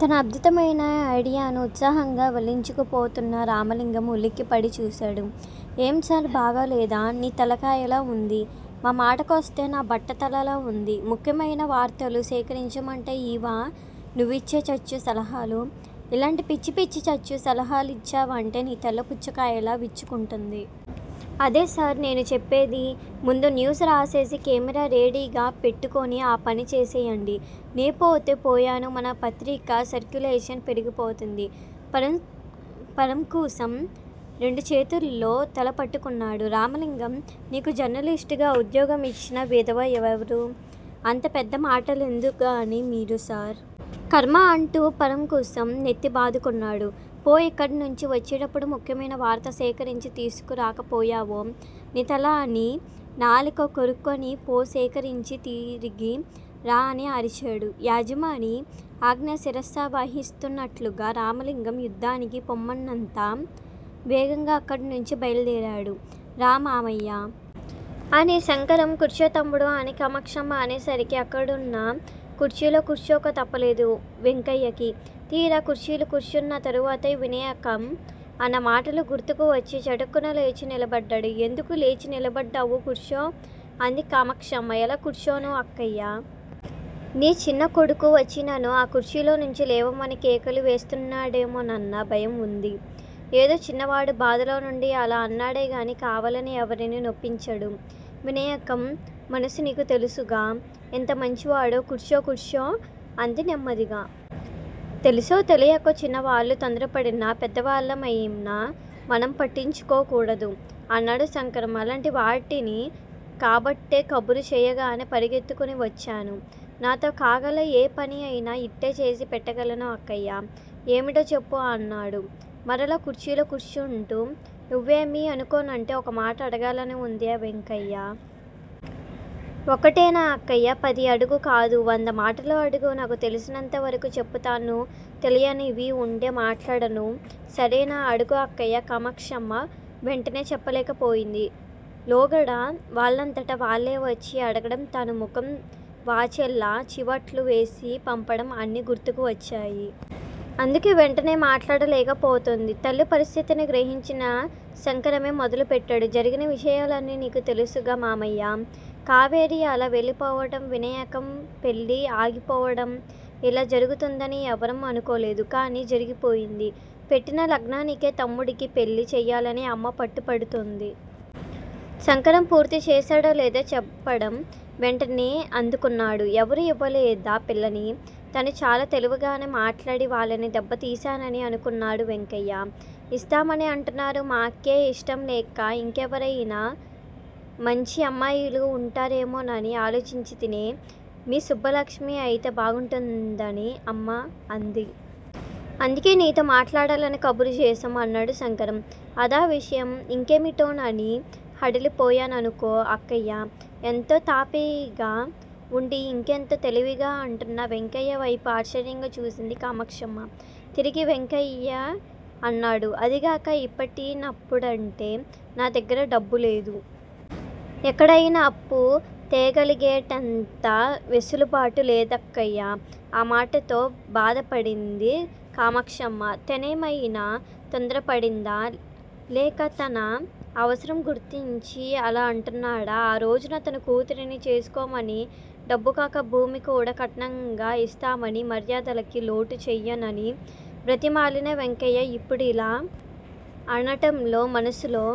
తన అద్భుతమైన ఐడియాను ఉత్సాహంగా వల్లించుకుపోతున్న రామలింగం ఉలిక్కిపడి చూశాడు. ఏం సార్! బాగాలేదా? నీ తలకాయలా వుంది. ఆ మాటకొస్తే నా బట్టతలలా వుంది. ముఖ్యమైన వార్తలు సేకరించమంటే యివా నువ్విచ్చే చచ్చు సలహాలు? ఇలాటి పిచ్చిపిచ్చి చచ్చు సలహాలిచ్చావంటే, నీ తల పుచ్చకాయలా విచ్చుకుంటుంది. అదే సార్! నేను చెప్పేది. ముందు న్యూస్ రాసేసి, కెమేరా రెడీగా పెట్టుకుని ఆ పని చేసెయ్యండి. నేపోతే పోయాను. మన పత్రిక సర్క్యులేషన్ పెరిగిపోతుంది. పరాంకుశం రెండుచేతుల్తో తలపట్టుకున్నాడు. రామలింగం, నీకు జర్నలిస్ట్ గా ఉద్యోగమిచ్చిన వెధవ ఎవరు? అంత పెద్దమాటెందుకుగానీ మీరే సార్. ఖర్మ అంటూ పరాంకుశం నెత్తిబాదుకున్నాడు. పో, యిక్కడ్నుంచి వచ్చేటప్పుడు ముఖ్యమైన వార్త సేకరించి తీసుకురాకపోయావో నీ తల అని నాలిక కొరుక్కుని పో సేకరించి తిరిగి రా అని అరిచాడు. యజమాని ఆజ్ఞ శిరసావహిస్తున్నట్లుగా రామలింగం యుద్దానికి పొమ్మన్నంత వేగంగా అక్కడ్నుంచి బయల్దేరాడు. రా మామయ్యా! అని శంకరం! కూర్చో తమ్ముడూ! అని కామాక్షమ్మ అనే సరికి అక్కడున్న కుర్చీలో కూర్చోక తప్పలేదు వెంకయ్యకి! తీరా కుర్చీలో కూర్చున్న తరువాత వినాయకం అన్న మాటలు గుర్తుకు వచ్చి చటుక్కున లేచి నిలబడ్డాడు. ఎందుకూ లేచి నిలబడ్డావూ? కూర్చో! అంది కామాక్షమ్మ. ఎలా కూర్చోను అక్కయ్య! నీ చిన్న కొడుకు వచ్చి నన్ను ఆ కుర్చీలో నుంచి లేవమని కేకలు వేస్తాడేమోనన్న భయం వుంది! ఏదో చిన్నవాడు! బాధలో వుండి అలా అన్నాడే గాని, కావాలని ఎవరినీ నొప్పించడు. వినాయకం మనసు నీకూ తెలుసుగా? ఎంత మంచివాడో? కూర్చో! కూర్చో! అంది నెమ్మదిగా. తెలిసో తెలియకో చిన్నవాళ్ళు తొందరపడినా పెద్దవాళ్ళమయిన మనం పట్టించుకోకూడదు! అన్నాడు శంకరం. అలాంటి వాడిని కాబట్టే కబురు చేయగానే పరిగెత్తుకుని వచ్చాను. నాతో కాగల ఏ పని అయినా యిట్టే చేసి పెట్టగలను అక్కయ్యా! ఏమిటో చెప్పు? అన్నాడు మరలా కుర్చీలో కూర్చుంటూ! నువ్వేమీ అనుకోనంటే ఒకమాట అడగాలని వుంది వెంకయ్య? ఒక్కటేనా అక్కయ్యా? పది అడుగు! కాదు, వంద మాటలు అడుగు! నాకు తెలిసినంత వరకూ చెప్పుతాను తెలియనివి వుంటే మాట్లాడను. సరేనా? అడుగు అక్కయ్య! కామాక్షమ్మ వెంటనే చెప్పలేకపోయింది. లోగడ వాళ్ళంతట వాళ్ళే వచ్చి అడగటం, తాను ముఖం వాచేలా చివాట్లు వేసి పంపటం అన్నీ గుర్తుకు వచ్చాయి. అందుకే వెంటనే మాట్లాడలేక పోతోంది. తల్లి పరిస్థితిని గ్రహించిన శంకరమే మొదలుపెట్టాడు. జరిగినా విషయాలన్నీ నీకూ తెలుసుగా మామయ్యా? కావేరి అలా వెళ్ళిపోవటం, వినాయకం పెళ్ళి ఆగిపోవటం! యిలా జరుగుతుందని ఎవరం అనుకోలేదు. కాని జరిగిపోయింది. పెట్టిన లగ్నానికే తమ్ముడికి పెళ్ళి చేయాలని అమ్మ పట్టుపడుతోంది! శంకరం పూర్తి చేశాడో లేదో చెప్పటం వెంటనే అందుకున్నాడు. ఎవరూ యివ్వలేదా పిల్లని? తను చాలా తెలివిగానే మాట్లాడి వాళ్ళని దెబ్బ తీశానని అనుకున్నాడు వెంకయ్య! ఇస్తామని అంటున్నారు! మాకే యిష్టం లేక యింకెవరయినా మంచి అమ్మాయిలు వుంటారేమోనని ఆలోచించితే మీ సుబ్బలక్ష్మి అయితే బాగుంటుందని అమ్మ అంది! అందుకే నీతో మాట్లాడాలని కబురు చేశాం! అన్నాడు శంకరం! అదా విషయం? యింకేమిటోనని హడలి పోయాననుకో అక్కయ్య? ఎంతో తాపీగా వుండి యింకెంతో తేలికగా అంటున్న వెంకయ్య వైపు ఆశ్చర్యంగా చూసింది కామాక్షమ్మ. తిరిగి వెంకయ్యే అన్నాడు- అదీగాక యిప్పటికిప్పుడంటే నా దగ్గిర డబ్బు లేదు. ఎక్కడయినా అప్పు తేగలిగేటంత వెసులుబాటూ లేదక్కయ్య! ఆ మాటతో బాధ పడింది కామాక్షమ్మ. తనేమయినా తొందరపడిందా? లేక తన అవసరం గుర్తించి అలా అంటున్నాడా? ఆ రోజున తన కూతురిని చేసుకోమని డబ్బుకాక భూమి కూడా కట్నంగా యిస్తానని, మర్యాదలకి లోటు చేయనని బ్రతిమాలిన వెంకయ్య ఇప్పుడిలా అనటంలో మనసులో